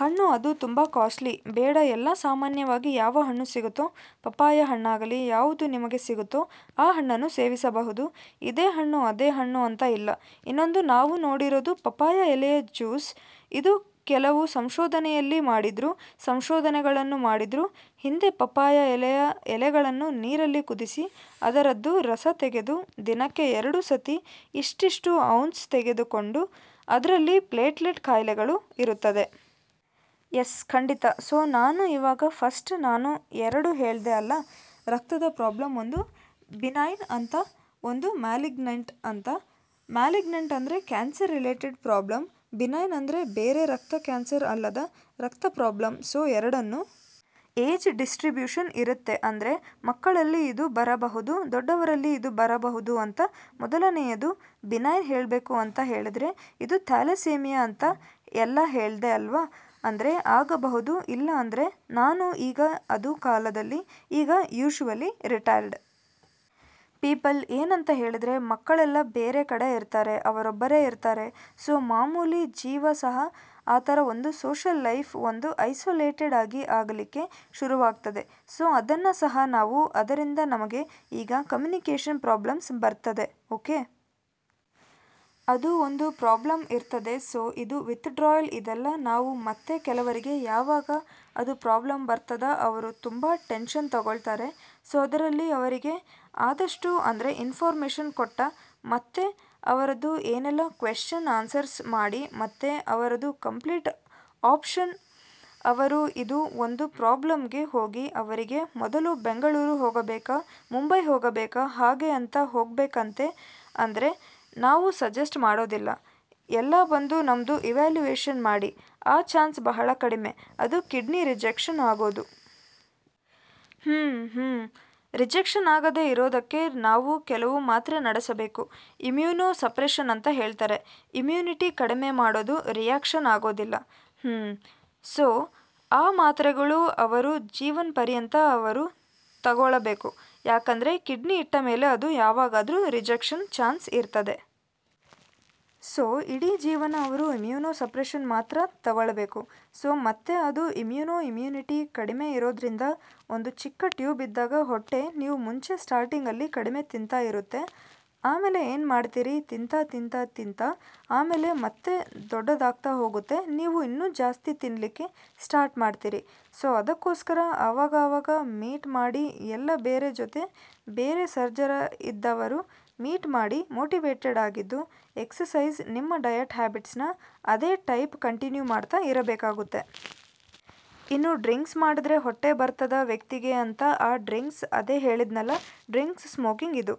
ಹಣ್ಣು ಅದು ತುಂಬಾ ಕಾಸ್ಟ್ಲಿ ಬೇಡ ಎಲ್ಲಾ ಸಾಮಾನ್ಯವಾಗಿ ಯಾವ ಹಣ್ಣು ಸಿಗುತ್ತೊ ಪಪ್ಪಾಯ ಹಣ್ಣಾಗಲಿ ಯಾವುದು ನಿಮಗೆ ಸಿಗುತ್ತೋ ಆ ಹಣ್ಣನ್ನ ಸೇವಿಸಬಹುದು ಇದೇ ಹಣ್ಣು ಅದೇ ಹಣ್ಣು ಅಂತ ಇಲ್ಲ ಇನ್ನೊಂದು ನಾವು ನೋಡಿರೋದು ಪಪ್ಪಾಯ ಎಲೆಯ ಜ್ಯೂಸ್ ಇದು ಕೆಲವು ಸಂಶೋಧನೆಯಲ್ಲಿ ಮಾಡಿದ್ರು ಸಂಶೋಧನೆಗಳನ್ನು ಮಾಡಿದ್ರು ಹಿಂದೆ ಪಪ್ಪಾಯ ಎಲೆಯ ಎಲೆಗಳನ್ನ ನೀರಲ್ಲಿ ಕುದಿಸಿ ಅದರದ್ದು ರಸ ತೆಗೆದು ದಿನಕ್ಕೆ ಎರಡು ಸತಿ ಇಷ್ಟಿಷ್ಟು ಔನ್ಸ್ ತಗೊಂಡು ಅದ್ರಲ್ಲಿ ಪ್ಲೇಟ್ಲೆಟ್ ಕಾಯಿಲೆಗಳು ಇರುತ್ತದೆ. ಎಸ್ ಖಂಡಿತ ಸೋ ನಾನು ಇವಾಗ ಫಸ್ಟ್ ನಾನು ಎರಡು ಹೇಳ್ದೆ ಅಲ್ಲ ರಕ್ತದ ಪ್ರಾಬ್ಲಮ್ ಒಂದು ಬಿನೈನ್ ಅಂತ ಒಂದು ಮಾಲಿಗ್ನೆಂಟ್ ಅಂತ ಮಾಲಿಗ್ನೆಂಟ್ ಅಂದ್ರೆ ಕ್ಯಾನ್ಸರ್ ರಿಲೇಟೆಡ್ ಪ್ರಾಬ್ಲಮ್ ಬಿನೈನ್ ಅಂದ್ರೆ ಬೇರೆ ರಕ್ತ ಕ್ಯಾನ್ಸರ್ ಅಲ್ಲದ ರಕ್ತ ಪ್ರಾಬ್ಲಮ್ ಸೋ ಎರಡನ್ನು ಏಜ್ ಡಿಸ್ಟ್ರಿಬ್ಯೂಷನ್ ಇರುತ್ತೆ ಅಂದ್ರೆ ಮಕ್ಕಳಲ್ಲಿ ಇದು ಬರಬಹುದು ದೊಡ್ಡವರಲ್ಲಿ ಇದು ಬರಬಹುದು ಅಂತ ಮೊದಲನೆದು ಬಿನೈನ್ ಹೇಳ್ಬೇಕು ಅಂತ ಹೇಳಿದ್ರೆ ಇದು ಥಾಲಸೆಮಿಯಾ ಅಂತ ಎಲ್ಲಾ ಹೇಳ್ದೆ ಅಲ್ವಾ ಅಂದ್ರೆ ಆಗಬಹುದು ಇಲ್ಲ ಅಂದ್ರೆ ನಾನು ಈಗ ಅದು ಕಾಲದಲ್ಲಿ ಈಗ ಯುಶುವಲಿ ರಿಟೈರ್ಡ್ ಪೀಪಲ್ ಏನಂತ ಹೇಳಿದ್ರೆ ಮಕ್ಕಳೆಲ್ಲ ಬೇರೆ ಕಡೆ ಇರ್ತಾರೆ ಅವರೊಬ್ಬರೇ ಇರ್ತಾರೆ ಸೋ ಮಾಮೂಲಿ ಜೀವ ಸಹ ಆತರ ಒಂದು ಸೋಶಿಯಲ್ ಲೈಫ್ ಒಂದು ಐಸೋಲೇಟೆಡ್ ಆಗಿ ಆಗಲಿಕ್ಕೆ ಶುರುವಾಗ್ತದೆ ಸೋ ಅದನ್ನ ಸಹ ನಾವು ಅದರಿಂದ ನಮಗೆ ಈಗ ಕಮ್ಯುನಿಕೇಶನ್ ಪ್ರಾಬ್ಲಮ್ಸ್ ಬರ್ತದೆ ಓಕೆ ಅದು ಒಂದು ಪ್ರಾಬ್ಲಮ್ ಇರ್ತದೆ ಸೋ ಇದು ವಿಥ್ಡ್ರಾಯಲ್ ಇದೆಲ್ಲ ನಾವು ಮತ್ತೆ ಕೆಲವರಿಗೆ ಯಾವಾಗ ಅದು ಪ್ರಾಬ್ಲಮ್ ಬರ್ತದ ಅವರು ತುಂಬಾ ಟೆನ್ಶನ್ ತಕ್ಕೊಳ್ತಾರೆ ಸೊ ಅದರಲ್ಲಿ ಅವರಿಗೆ ಆದಷ್ಟು ಅಂದ್ರೆ ಇನ್ಫಾರ್ಮೇಷನ್ ಕೊಟ್ಟ ಮತ್ತೆ ಅವರದು ಏನೆಲ್ಲಾ ಕ್ವೆಶ್ಚನ್ಸ್ ಆನ್ಸರ್ ಮಾಡಿ ಮತ್ತೆ ಅವರದು ಕಂಪ್ಲೀಟ್ ಆಪ್ಷನ್ ಅವರು ಇದು ಒಂದು ಪ್ರಾಬ್ಲಮ್ ಗೆ ಹೋಗಿ ಅವರಿಗೆ ಮೊದಲು ಬೆಂಗಳೂರು ಹೋಗಬೇಕಾ ಮುಂಬೈ ಹೋಗಬೇಕಾ ಹಾಗೆ ಅಂತೆ ಹೋಗ್ಬೇಕಂತೆ ಅಂದ್ರೆ ನಾವು ಸಜೆಸ್ಟ್ ಮಾಡೋದಿಲ್ಲ ಎಲ್ಲಾ ಬಂದು ನಮ್ದು ಇವ್ಯಾಲ್ಯುವೇಷನ್ ಮಾಡಿ ಆ ಚಾನ್ಸ್ ಬಹಳ ಕಡಿಮೆ, ಅದು ಕಿಡ್ನಿ ರಿಜೆಕ್ಷನ್ ಆಗೋದು. ಹ್ಮ್ ಹ್ಮ್ ರಿಜೆಕ್ಷನ್ ಆಗದೆ ಇರೋದಕ್ಕೆ ನಾವು ಕೆಲವು ಮಾತ್ರೆ ನಡೆಸಬೇಕು. ಇಮ್ಯುನೊ ಸಪ್ರೆಶನ್ ಅಂತ ಹೇಳ್ತಾರೆ. ಇಮ್ಯೂನಿಟಿ ಕಡಿಮೆ ಮಾಡೋದು ರಿಯಾಕ್ಷನ್ ಆಗೋದಿಲ್ಲ. ಹ್ಮ್ ಸೊ ಆ ಮಾತ್ರೆಗಳು ಅವರು ಜೀವನ್ ಪರ್ಯಂತ ಅವರು ತಗೊಳ್ಳಬೇಕು. ಯಾಕಂದ್ರೆ ಕಿಡ್ನಿ ಇಟ್ಟಮೇಲೆ ಅದು ಯಾವಾಗಾದ್ರೂ ರಿಜೆಕ್ಷನ್ ಚಾನ್ಸ್ ಇರ್ತದೆ. ಸೊ ಇಡೀ ಜೀವನ ಅವರು ಇಮ್ಯುನೊ ಸಪ್ರೆಶನ್ ಮಾತ್ರ ತಗೊಳ್ಳಬೇಕು. ಸೊ ಮತ್ತೆ ಅದು ಇಮ್ಯೂನೋ ಇಮ್ಯೂನಿಟಿ ಕಡಿಮೆ ಇರೋದ್ರಿಂದ ಒಂದು ಚಿಕ್ಕ ಟ್ಯೂಬ್ ಇದ್ದಾಗ ಹೊಟ್ಟೆ ನೀವು ಮುಂಚೆ ಸ್ಟಾರ್ಟಿಂಗ್ ಅಲ್ಲಿ ಕಡಿಮೆ ತಿಂತಾ ಇರುತ್ತೆ ಆಮೇಲೆ ಏನ್ ಮಾಡ್ತೀರಿ ತಿಂತಾ ತಿಂತಾ ತಿಂತಾ ಆಮೇಲೆ ಮತ್ತೆ ದೊಡ್ಡದಾಗ್ತಾ ಹೋಗುತ್ತೆ ನೀವು ಇನ್ನು ಜಾಸ್ತಿ ತಿನ್ಲಿಕ್ಕೆ ಸ್ಟಾರ್ಟ್ ಮಾಡ್ತೀರಿ ಸೋ ಅದಕ್ಕೋಸ್ಕರ ಅವಾಗ ಅವಾಗ ಮೀಟ್ ಮಾಡಿ ಎಲ್ಲ ಬೇರೆ ಜೊತೆ ಬೇರೆ ಸರ್ಜರ ಇದ್ದವರು ಮೀಟ್ ಮಾಡಿ ಮೋಟಿವೇಟೆಡ್ ಆಗಿದ್ದು ಎಕ್ಸರ್ಸೈಜ್ ನಿಮ್ಮ ಡಯಟ್ ಹ್ಯಾಬಿಟ್ಸ್ ನ ಅದೇ ಟೈಪ್ ಕಂಟಿನ್ಯೂ ಮಾಡ್ತಾ ಇರಬೇಕಾಗುತ್ತೆ. ಇನ್ನು ಡ್ರಿಂಕ್ಸ್ ಮಾಡಿದ್ರೆ ಹೊಟ್ಟೆ ಬರ್ತದ ವ್ಯಕ್ತಿಗೆ ಅಂತ ಆ ಡ್ರಿಂಕ್ಸ್ ಅದೇ ಹೇಳಿದ್ನಲ್ಲ ಡ್ರಿಂಕ್ಸ್ ಸ್ಮೋಕಿಂಗ್ ಇದು।